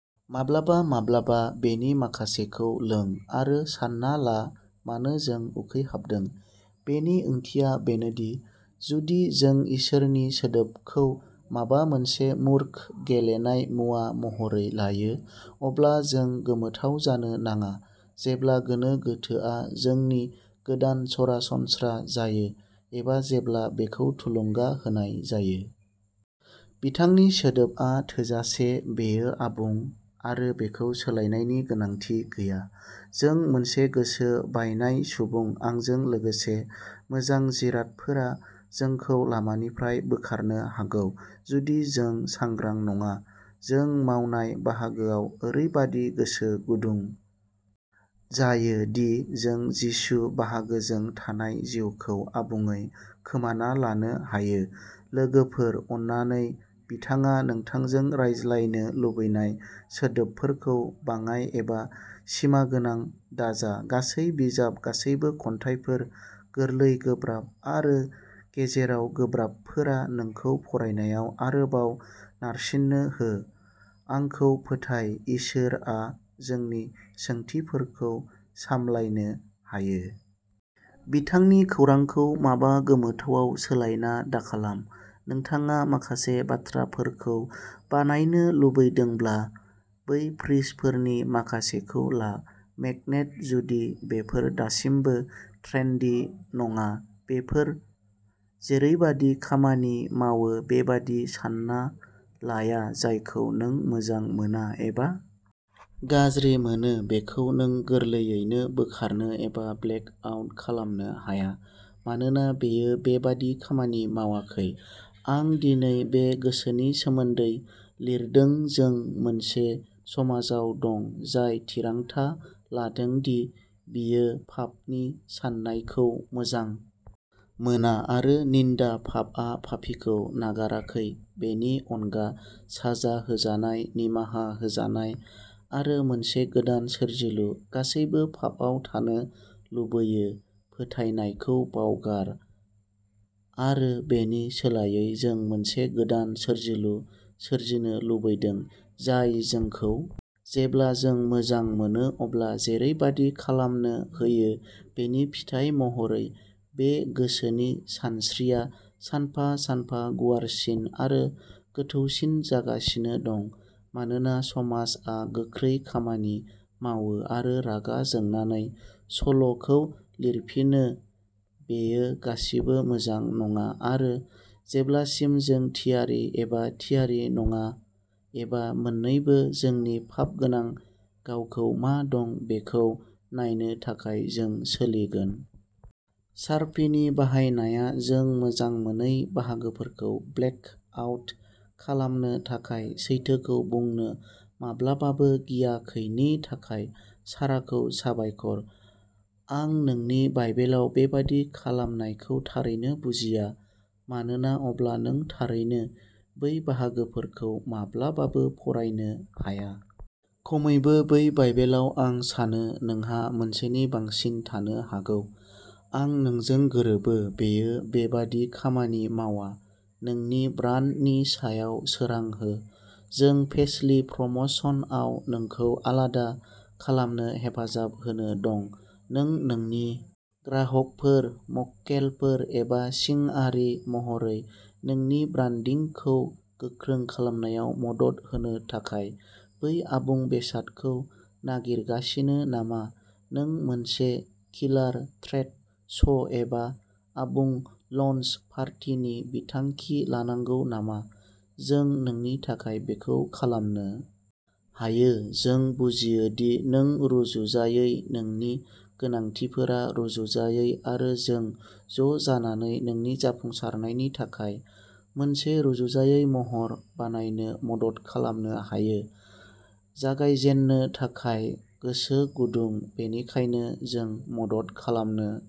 माब्लाबा माब्लाबा बेनि माखासेखौ लों आरो सानना ला मानो जों उखैहाबदों बेनि ओंथिया बेनोदि जुदि जों इसोरनि सोदोबखौ माबा मोनसे मूर्ख गेलेनाय मुवा महरै लायो अब्ला जों गोमोथाव जानो नाङा जेब्ला गोनो गोथोआ जोंनि गोदान सरासनस्रा जायो एबा जेब्ला बेखौ थुलुंगा होनाय जायो। बिथांनि सोदोबआ थोजासे बेयो आबुं आरो बेखौ सोलायनायनि गोनांथि गैया जों मोनसे गोसो बायनाय सुबुं आंजों लोगोसे मोजां जिरादफोरा जोंखौ लामानिफ्राय बोखारनो हागौ जुदि जों सांग्रां नङा जों मावनाय बाहागोआव ओरैबादि गोसो गुदुं जायो दि जों जिसु बाहागोजों थानाय जिउखौ आबुङै खोमाना लानो हायो लोगोफोर अन्नानै बिथाङा नोंथांजों रायज्लायनो लुबैनाय सोदोबफोरखौ बाङाइ एबा सिमागोनां दाजा गासै बिजाब गासैबो खन्थाइफोर गोरलै गोब्राब आरो गेजेराव गोब्राबफोरा नोंखौ फरायनायाव आरोबाव नारसिनो हो आंखौ फोथाय इसोरआ जोंनि सोंथिफोरखौ सामलायनो हायो। बिथांनि खौरांखौ माबा गोमोथावाव सोलायना दाखालाम नोंथाङा माखासे बाथ्राफोरखौ बानायनो लुबैदोंब्ला बै फ्रिजफोरनि माखासेखौ ला मेगनेट जुदि बेफोर दासिमबो ट्रेन्डी नङा बेफोर जेरैबादि खामानि मावो बेबादि सानना लाया जायखौ नों मोजां मोना एबा गाज्रि मोनो बेखौ नों गोरलैयैनो बोखारनो एबा ब्लेक आउट खालामनो हाया मानोना बेयो बेबादि खामानि मावाखै आं दिनै बे गोसोनि सोमोन्दै लिरदोंजों मोनसे समाजाव दं जाय थिरांथा लादों दि बियो पापनि साननायखौ मोजां मोना आरो निन्दा पापआ पापीखौ नागाराखै बेनि अनगा साजा होजानाय निमाहा होजानाय आरो मोनसे गोदान सोरजिलु गासैबो पापआव थानो लुबैयो फोथायनायखौ बावगार आरो बेनि सोलायै जों मोनसे गोदान सोरजिलु सोरजिनो लुबैदों जाय जोंखौ जेब्ला जों मोजां मोनो अब्ला जेरैबादि खालामनो होयो बेनि फिथाइ महरै बे गोसोनि सानस्रिया सानफा सानफा गुवारसिन आरो गोथौसिन जागासिनो दं मानोना समाजआ गोख्रै खामानि मावो आरो रागा जोंनानै सल'खौ लिरफिनो बेयो गासिबो मोजां नङा आरो जेब्लासिम जों थियारि एबा थियारि नङा एबा मोननैबो जोंनि पापगोनां गावखौ मा दं बेखौ नायनो थाखाय जों सोलिगोन। शार्पिनि बाहायनाया जों मोजां मोनै बाहागोफोरखौ ब्लेक आउट खालामनो थाखाय सैथोखौ बुंनो माब्लाबाबो गियाखैनि थाखाय शाराखौ साबायखर आं नोंनि बाइबेलाव बेबादि खालामनायखौ थारैनो बुजिया मानोना अब्ला नों थारैनो बै बाहागोफोरखौ माब्लाबाबो फरायनो हाया खमैबो बै बाइबेलाव आं सानो नोंहा मोनसेनि बांसिन थानो हागौ आं नोंजों गोरोबो बेयो बेबादि खामानि मावा नोंनि ब्रान्डनि सायाव सोरां हो जों पेसलि प्रमशनआव नोंखौ आलादा खालामनो हेफाजाब होनो दं नों नोंनि ग्राहकफोर मक्केलफोर एबा सिंआरि महरै नोंनि ब्रान्डिंखौ गोख्रों खालामनायाव मदद होनो थाखाय बै आबुं बेसादखौ नागिरगासिनो नामा नों मोनसे किलार ट्रेड श'एबा आबुं लन्च पार्टिनि बिथांखि लानांगौ नामा जों नोंनि थाखाय बेखौ खालामनो हायो जों बुजियो दि नों रुजुजायै नोंनि गोनांथिफोरा रुजुजायै आरो जों ज'जानानै नोंनि जाफुंसारनायनि थाखाय मोनसे रुजुजायै महर बानायनो मदद खालामनो हायो जागायजेननो थाखाय गोसो गुदुं बेनिखायनो जों मदद खालामनो